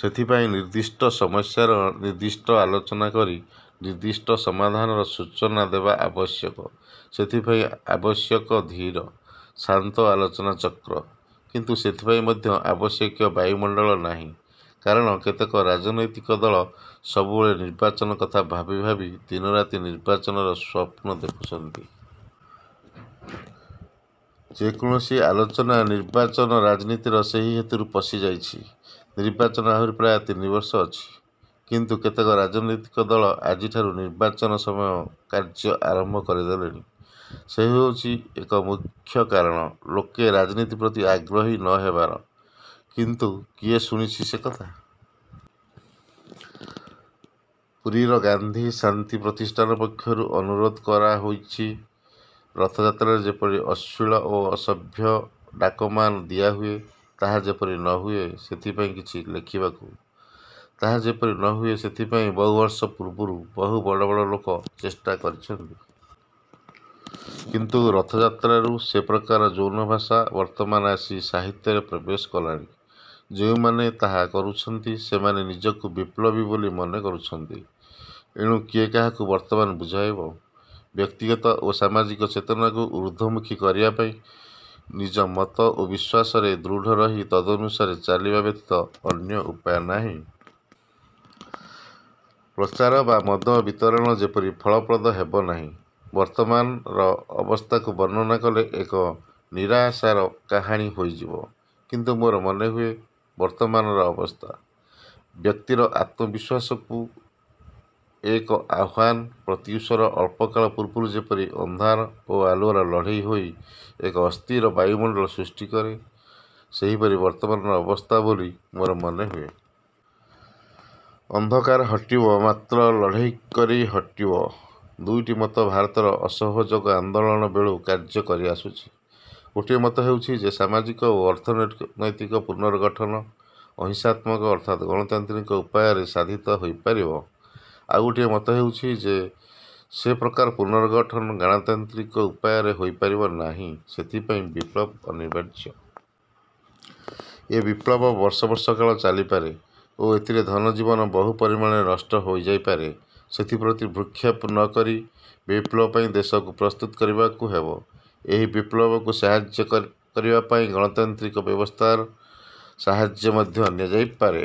ସେଥିପାଇଁ ନିର୍ଦ୍ଦିଷ୍ଟ ସମସ୍ୟାର ନିର୍ଦ୍ଦିଷ୍ଟ ଆଲୋଚନା କରି ନିର୍ଦ୍ଦିଷ୍ଟ ସମାଧାନର ସୂଚନା ଦେବା ଆବଶ୍ୟକ। ସେଥିପାଇଁ ଆବଶ୍ୟକ ଧୀର, ଶାନ୍ତ ଆଲୋଚନା ଚକ୍ର। କିନ୍ତୁ ସେଥିପାଇଁ ମଧ୍ୟ ଆବଶ୍ୟକୀୟ ବାୟୁମଣ୍ଡଳ ନାହିଁ, କାରଣ କେତେକ ରାଜନୈତିକ ଦଳ ସବୁବେଳେ ନିର୍ବାଚନ କଥା ଭାବି ଭାବି ଦିନରାତି ନିର୍ବାଚନର ସ୍ୱପ୍ନ ଦେଖୁଛନ୍ତି। ଯେ କୌଣସି ଆଲୋଚନା ନିର୍ବାଚନ ରାଜନୀତିରେ ସେହି ହେତୁରୁ ପଶିଯାଇଛି। ନିର୍ବାଚନ ଆହୁରି ପ୍ରାୟ ତିନିବର୍ଷ ଅଛି। କିନ୍ତୁ କେତେକ ରାଜନୈତିକ ଦଳ ଆଜିଠାରୁ ନିର୍ବାଚନ ସମୟ କାର୍ଯ୍ୟ ଆରମ୍ଭ କରିଦେଲେଣି। ସେହି ହେଉଛି ଏକ ମୁଖ୍ୟ କାରଣ ଲୋକେ ରାଜନୀତି ପ୍ରତି ଆଗ୍ରହୀ ନ ହେବାର; କିନ୍ତୁ କିଏ ଶୁଣୁଛି ସେ କଥା? ପୁରୀର ଗାନ୍ଧୀ ଶାନ୍ତି ପ୍ରତିଷ୍ଠାନ ପକ୍ଷରୁ ଅନୁରୋଧ କରାହୋଇଛି, ରଥଯାତ୍ରାରେ ଯେପରି ଅଶ୍ଳୀଳ ଓ ଅସଭ୍ୟ ଡାକମାନ ଦିଆହୁଏ ତାହା ଯେପରି ନହୁଏ ସେଥିପାଇଁ କିଛି ଲେଖିବାକୁ। ତାହା ଯେପରି ନ ହୁଏ ସେଥିପାଇଁ ବହୁବର୍ଷ ପୂର୍ବରୁ ବହୁ ବଡ଼ ବଡ଼ ଲୋକ ଚେଷ୍ଟା କରିଛନ୍ତି। କିନ୍ତୁ ରଥଯାତ୍ରାରୁ ସେ ପ୍ରକାର ଯୌନଭାଷା ବର୍ତ୍ତମାନ ଆସି ସାହିତ୍ୟରେ ପ୍ରବେଶ କଲାଣି। ଯେଉଁମାନେ ତାହା କରୁଛନ୍ତି ସେମାନେ ନିଜକୁ ବିପ୍ଳବୀ ବୋଲି ମନେ କରୁଛନ୍ତି। ଏଣୁ କିଏ କାହାକୁ ବର୍ତ୍ତମାନ ବୁଝାଇବ? ବ୍ୟକ୍ତିଗତ ଓ ସାମାଜିକ ଚେତନାକୁ ଊର୍ଦ୍ଧ୍ୱମୁଖୀ କରିବାପାଇଁ ନିଜମତ ଓ ବିଶ୍ୱାସରେ ଦୃଢ଼ ରହି ତଦନୁସାରେ ଚାଲିବା ବ୍ୟତୀତ ଅନ୍ୟ ଉପାୟ ନାହିଁ। ପ୍ରଚାର ବା ମତ ବିତରଣ ସେପରି ଫଳପ୍ରଦ ହେବ ନାହିଁ। ବର୍ତ୍ତମାନର ଅବସ୍ଥାକୁ ବର୍ଣ୍ଣନା କଲେ ଏକ ନିରାଶାର କାହାଣୀ ହୋଇଯିବ। କିନ୍ତୁ ମୋର ମନେହୁଏ ବର୍ତ୍ତମାନର ଅବସ୍ଥା, ବ୍ୟକ୍ତିର ଆତ୍ମବିଶ୍ୱାସକୁ ଏକ ଆହ୍ୱାନ। ପ୍ରତ୍ୟୁଷର ଅଳ୍ପକାଳ ପୂର୍ବରୁ ଯେପରି ଅନ୍ଧାର ଓ ଆଲୁଅର ଲଢ଼ାଇ ହୋଇ ଏକ ଅସ୍ଥିର ବାୟୁମଣ୍ଡଳ ସୃଷ୍ଟି କରେ, ସେହିପରି ବର୍ତ୍ତମାନ ଅବସ୍ଥା ବୋଲି ମୋର ମନେ ହୁଏ। ଅନ୍ଧକାର ହଟିବ ମାତ୍ର ଲଢ଼େଇକରି ହଟିବ। ଦୁଇଟି ମତ ଭାରତରେ ଅସହଯୋଗ ଆନ୍ଦୋଳନ ବେଳୁ କାର୍ଯ୍ୟ କରିଆସୁଛି। ଗୋଟିଏ ମତ ହେଉଛି ଯେ ସାମାଜିକ ଓ ଅର୍ଥନୈତିକ ପୁନର୍ଗଠନ ଅହିଂସାତ୍ମକ ଅର୍ଥାତ୍ ଗଣତାନ୍ତ୍ରିକ ଉପାୟରେ ସାଧିତ ହୋଇ ପାରିବ। ଆଉ ଗୋଟିଏ ମତ ହେଉଛି ଯେ ସେ ପ୍ରକାର ପୁନର୍ଗଠନ ଗଣତାନ୍ତ୍ରିକ ଉପାୟରେ ହୋଇ ପାରିବ ନାହିଁ, ସେଥିପାଇଁ ବିପ୍ଳବ ଅନିବାର୍ଯ୍ୟ। ଏ ବିପ୍ଳବ ବର୍ଷ ବର୍ଷକାଳ ଚାଲିପାରେ ଓ ଏଥିରେ ଧନ ଜୀବନ ବହୁ ପରିମାଣରେ ନଷ୍ଟ ହୋଇ ଯାଇପାରେ। ସେଥିପ୍ରତି ଭ୍ରୂକ୍ଷେପ ନ କରି ବିପ୍ଳବ ପାଇଁ ଦେଶକୁ ପ୍ରସ୍ତୁତ କରିବାକୁ ହେବ। ଏହି ବିପ୍ଳବକୁ ସାହାଯ୍ୟ କରିବା ପାଇଁ ଗଣତାନ୍ତ୍ରିକ ବ୍ୟବସ୍ଥାର ସାହାଯ୍ୟ ମଧ୍ୟ ନିଆଯାଇ ପାରେ।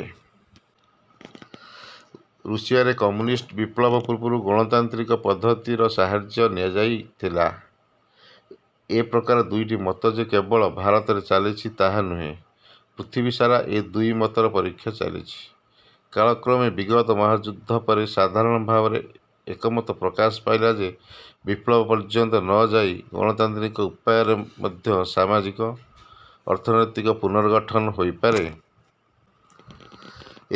ରୁଷିଆରେ କମ୍ୟୁନିଷ୍ଟ ବିପ୍ଳବ ପୂର୍ବରୁ ଗଣତାନ୍ତ୍ରିକ ପଦ୍ଧତିର ସାହାଯ୍ୟ ନିଆହୋଇଥିଲା। ଏ ପ୍ରକାର ଦୁଇଟି ମତ ଯେ କେବଳ ଭାରତରେ ଚାଲିଛି ତାହା ନୁହେଁ; ପୃଥିବୀ ସାରା ଏ ଦୁଇ ମତର ପରୀକ୍ଷା ଚାଲିଛି। କାଳକ୍ରମେ ବିଗତ ମହାଯୁଦ୍ଧ ପରେ ସାଧାରଣ ଭାବରେ ଏକମତ ପ୍ରକାଶ ପାଇଲା ଯେ ବିପ୍ଳବ ପର୍ଯ୍ୟନ୍ତ ନ ଯାଇ ଗଣତାନ୍ତ୍ରିକ ଉପାୟରେ ମଧ୍ୟ ସାମାଜିକ, ଅର୍ଥନୈତିକ ପୁନର୍ଗଠନ ହୋଇପାରେ।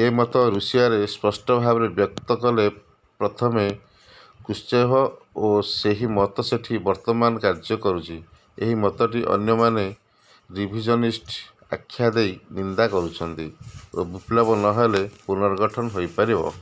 ଏ ମତ ରୁଷିଆରେ ସ୍ପଷ୍ଟ ଭାବରେ ବ୍ୟକ୍ତ କଲେ ପ୍ରଥମେ କୃଶ୍ଚେଭ ଓ ସେହି ମତ ସେଠି ବର୍ତ୍ତମାନ କାର୍ଯ୍ୟ କରୁଛି। ଏହି ମତଟିକୁ ଅନ୍ୟମାନେ 'ରିଭିଜନିଷ୍ଟ' ଆଖ୍ୟା ଦେଇ ନିନ୍ଦା କରୁଛନ୍ତି ଓ ବିପ୍ଳବ ନ ହେଲେ ପୁନର୍ଗଠନ ହୋଇପାରିବ